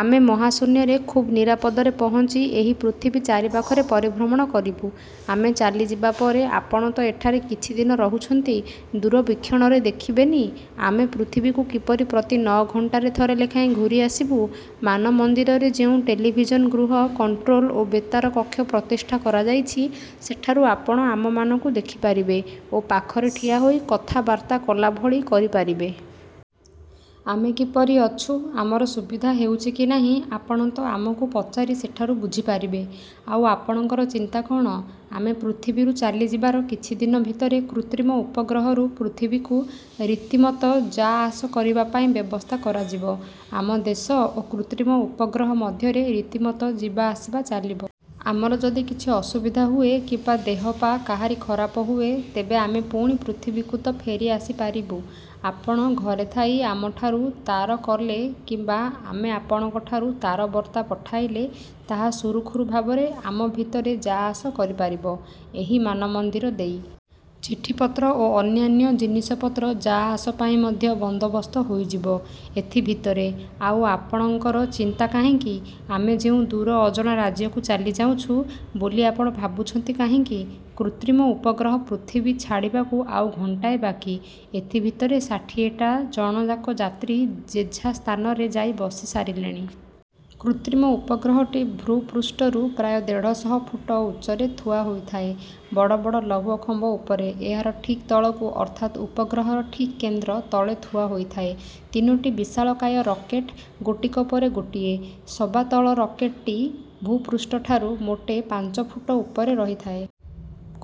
ଆମେ ମହାଶୂନ୍ୟରେ ଖୁବ୍ ନିରାପଦରେ ପହଞ୍ଚି ଏହି ପୃଥିବୀ ଚାରିପାଖରେ ପରିଭ୍ରମଣ କରିବୁ। ଆମେ ଚାଲିଯିବାପରେ ଆପଣ ତ ଏଠାରେ କିଛିଦିନ ରହୁଛନ୍ତି। ଦୂରବୀକ୍ଷଣରେ ଦେଖିବେନି ଆମେ ପୃଥିବୀକୁ କିପରି ପ୍ରତି ନଅ ଘଣ୍ଟାରେ ଥରେ ଲେଖାଏଁ ଘୂରିଆସିବୁ। ମାନମନ୍ଦିରରେ ଯେଉଁ ଟେଲିଭିଜନ ଗୃହ, କଣ୍ଟ୍ରୋଲ ଓ ବେତାର କକ୍ଷ ପ୍ରତିଷ୍ଠା କରାଯାଇଛି, ସେଠାରୁ ଆପଣ ଆମମାନଙ୍କୁ ଦେଖିପାରିବେ ଓ ପାଖରେ ଠିଆହୋଇ କଥାବାର୍ତ୍ତା କଲାଭଳି କରି ପାରିବେ। ଆମେ କିପରି ଅଛୁ, ଆମର ସୁବିଧା ହେଉଛି କି ନାହିଁ, ଆପଣ ତ ଆମକୁ ପଚାରି ସେଠାରୁ ବୁଝିପାରିବେ। ଆଉ ଆପଣଙ୍କର ଚିନ୍ତା କ'ଣ? ଆମେ ପୃଥିବୀରୁ ଚାଲିଯିବାର କିଛିଦିନ ଭିତରେ କୃତ୍ରିମ ଉପଗ୍ରହରୁ ପୃଥିବୀକୁ ରୀତିମତ ଯା-ଆସ କରିବା ପାଇଁ ବ୍ୟବସ୍ଥା କରାଯିବ। ଆମ ଦେଶ ଓ କୃତ୍ରିମ ଉପଗ୍ରହ ମଧ୍ୟରେ ରୀତିମତ ଯିବା-ଆସିବା ଚାଲିବ। ଆମର ଯଦି କିଛି ଅସୁବିଧା ହୁଏ କିମ୍ବା ଦେହପା କାହାରି ଖରାପ ହୁଏ, ତେବେ ଆମେ ପୁଣି ପୃଥିବୀକୁ ତ ଫେରିଆସି ପାରିବୁ। ଆପଣ ଘରେ ଥାଇ ଆମଠାକୁ ତାର କଲେ କିମ୍ବା ଆମେ ଆପଣଙ୍କଠାକୁ ତାରବର୍ତ୍ତା ପଠାଇଲେ ତାହା ସୁରୁଖୁରୁ ଭାବରେ ଆମ ଭିତରେ ଯା-ଆସ କରିପାରିବ ଏହି ମାନମନ୍ଦିର ଦେଇ। ଚିଠିପତ୍ର ଓ ଅନ୍ୟାନ୍ୟ ଜିନିଷପତ୍ର ଯା-ଆସ ପାଇଁ ମଧ୍ୟ ବନ୍ଦୋବସ୍ତ ହୋଇଯିବ ଏଥିଭିତରେ। ଆଉ ଆପଣଙ୍କର ଚିନ୍ତା କାହିଁକି? ଆମେ କେଉଁ ଦୂର ଅଜଣା ରାଜ୍ୟକୁ ଚାଲିଯାଉଛୁଁ ବୋଲି ଆପଣ ଭାବୁଛନ୍ତି କାହିଁକି? '' କୃତ୍ରିମ ଉପଗ୍ରହ ପୃଥିବୀ ଛାଡ଼ିବାକୁ ଆଉ ଘଣ୍ଟାଏ ବାକି। ଏଥିଭିତରେ ଷାଠିଏ ଜଣଯାକ ଯାତ୍ରୀ ଯେଝା ସ୍ଥାନରେ ଯାଇ ବସିସାରିଲେଣି। କୃତ୍ରିମ ଉପଗ୍ରହଟି ଭୂପୃଷ୍ଠରୁ ପ୍ରାୟ ଦେଢ଼ଶହ ଫୁଟ ଉଚ୍ଚରେ ଥୁଆହୋଇଥାଏ ବଡ଼ ବଡ଼ ଲୌହ ଖମ୍ବ ଉପରେ। ଏହାର ଠିକ୍ ତଳକୁ ଅର୍ଥାତ ଉପଗ୍ରହର ଠିକ୍ କେନ୍ଦ୍ର ତଳେ ଥୁଆ ହୋଇଥାଏ ତିନୋଟି ବିଶାଳକାୟ ରକେଟ୍, ଗୋଟିକ ପରେ ଗୋଟିଏ। ସବାତଳ ରକେଟ୍ଟି ଭୂପୃଷ୍ଠଠାରୁ ମୋଟେ ପାଞ୍ଚଫୁଟ ଉପରେ ରହିଥାଏ।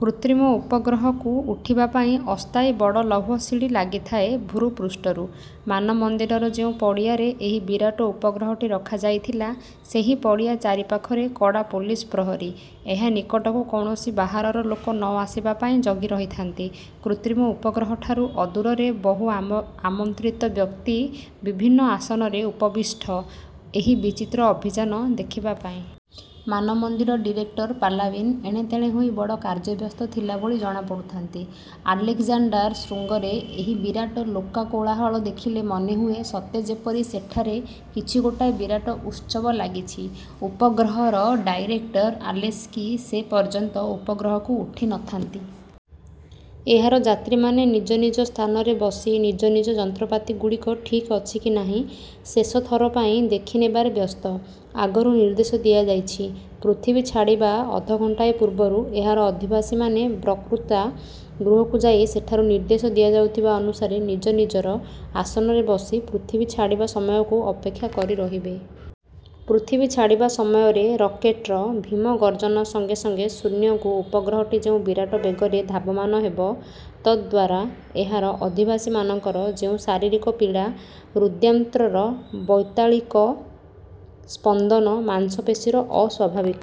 କୃତ୍ରିମ ଉପଗ୍ରହକୁ ଉଠିବାପାଇଁ ଅସ୍ଥାୟୀ ବଡ଼ ଲୌହ ସିଡ଼ି ଲାଗିଥାଏ ଭୂପୃଷ୍ଠରୁ। ମାନମନ୍ଦିରର ଯେଉଁ ପଡ଼ିଆରେ ଏହି ବିରାଟ ଉପଗ୍ରହଟି ରଖାଯାଇଥିଲା, ସେହି ପଡ଼ିଆ ଚାରିପାଖରେ କଡ଼ା ପୋଲିସ ପ୍ରହରୀ ଏହା ନିକଟକୁ କୌଣସି ବାହାରର ଲୋକ ନ ଆସିବା ପାଇଁ ଜଗି ରହିଥାନ୍ତି। କୃତ୍ରିମ ଉପଗ୍ରହଠାରୁ ଅଦୂରରେ ବହୁ ଆମନ୍ତ୍ରିତ ବ୍ୟକ୍ତି ବିଭିନ୍ନ ଆସନରେ ଉପବିଷ୍ଟ, ଏହି ବିଚିତ୍ର ଅଭିଯାନ ଦେଖିବାପାଇଁ। ମାନମନ୍ଦିର ଡିରେକ୍ଟର ପାଲାଭିନ୍ ଏଣେତେଣେ ହୋଇ ବଡ଼ କାର୍ଯ୍ୟବ୍ୟସ୍ତ ଥିଲା ଭଳି ଜଣାପଡ଼ୁଥାନ୍ତି। ଆଲେକ୍ଜାଣ୍ଡର ଶୃଙ୍ଗର ଏହି ବିରାଟ ଲୋକକୋଳାହଳ ଦେଖିଲେ ମନେହୁଏ ସତେ ଯେପରି ସେଠାରେ କିଛି ଗୋଟାଏ ବିରାଟ ଉତ୍ସବ ଲାଗିଛି। ଉପଗ୍ରହର ଡାଇରେକ୍ଟର ଆଲେସ୍କି ସେ ପର୍ଯ୍ୟନ୍ତ ଉପଗ୍ରହକୁ ଉଠି ନ ଥାନ୍ତି। ଏହାର ଯାତ୍ରୀମାନେ ନିଜ ନିଜ ସ୍ଥାନରେ ବସି ନିଜ ନିଜ ଯନ୍ତ୍ରପାତିଗୁଡ଼ିକ ଠିକ୍ଅଛି କି ନାହିଁ, ଶେଷଥର ପାଇଁ ଦେଖିନେବାରେ ବ୍ୟସ୍ତ। ଆଗରୁ ନିର୍ଦ୍ଦେଶ ଦିଆଯାଇଛି, ପୃଥିବୀ ଛାଡ଼ିବା ଅଧଘଣ୍ଟାଏ ପୂର୍ବରୁ ଏହାର ଅଧିବାସୀମାନେ ବକ୍ତୃତା-ଗୃହକୁ ଯାଇ ସେଠାରୁ ନିର୍ଦ୍ଦେଶ ଦିଆଯାଉଥିବା ଅନୁସାରେ ନିଜ ନିଜର ଆସନରେ ବସି ପୃଥିବୀ ଛାଡ଼ିବା ସମୟକୁ ଅପେକ୍ଷା କରି ରହିବେ। ପୃଥିବୀ ଛାଡ଼ିବା ସମୟରେ ରକେଟ୍ର। ଭୀମ ଗର୍ଜ୍ଜନ ସଙ୍ଗେ ସଙ୍ଗେ ଶୂନ୍ୟକୁ ଉପଗ୍ରହଟି ଯେଉଁ ବିରାଟ ବେଗରେ ଧାବମାନ ହେବ, ତଦ୍ଦ୍ୱାରା ଏହାର ଅଧିବାସୀମାନଙ୍କର ଯେଉଁ ଶରୀରିକ ପୀଡ଼ା, ହୃଦ୍ଯନ୍ତ୍ରର ବୈତାଳିକ ସ୍ପନ୍ଦନ, ମାଂସପେଶୀର ଅସ୍ୱାଭାବିକ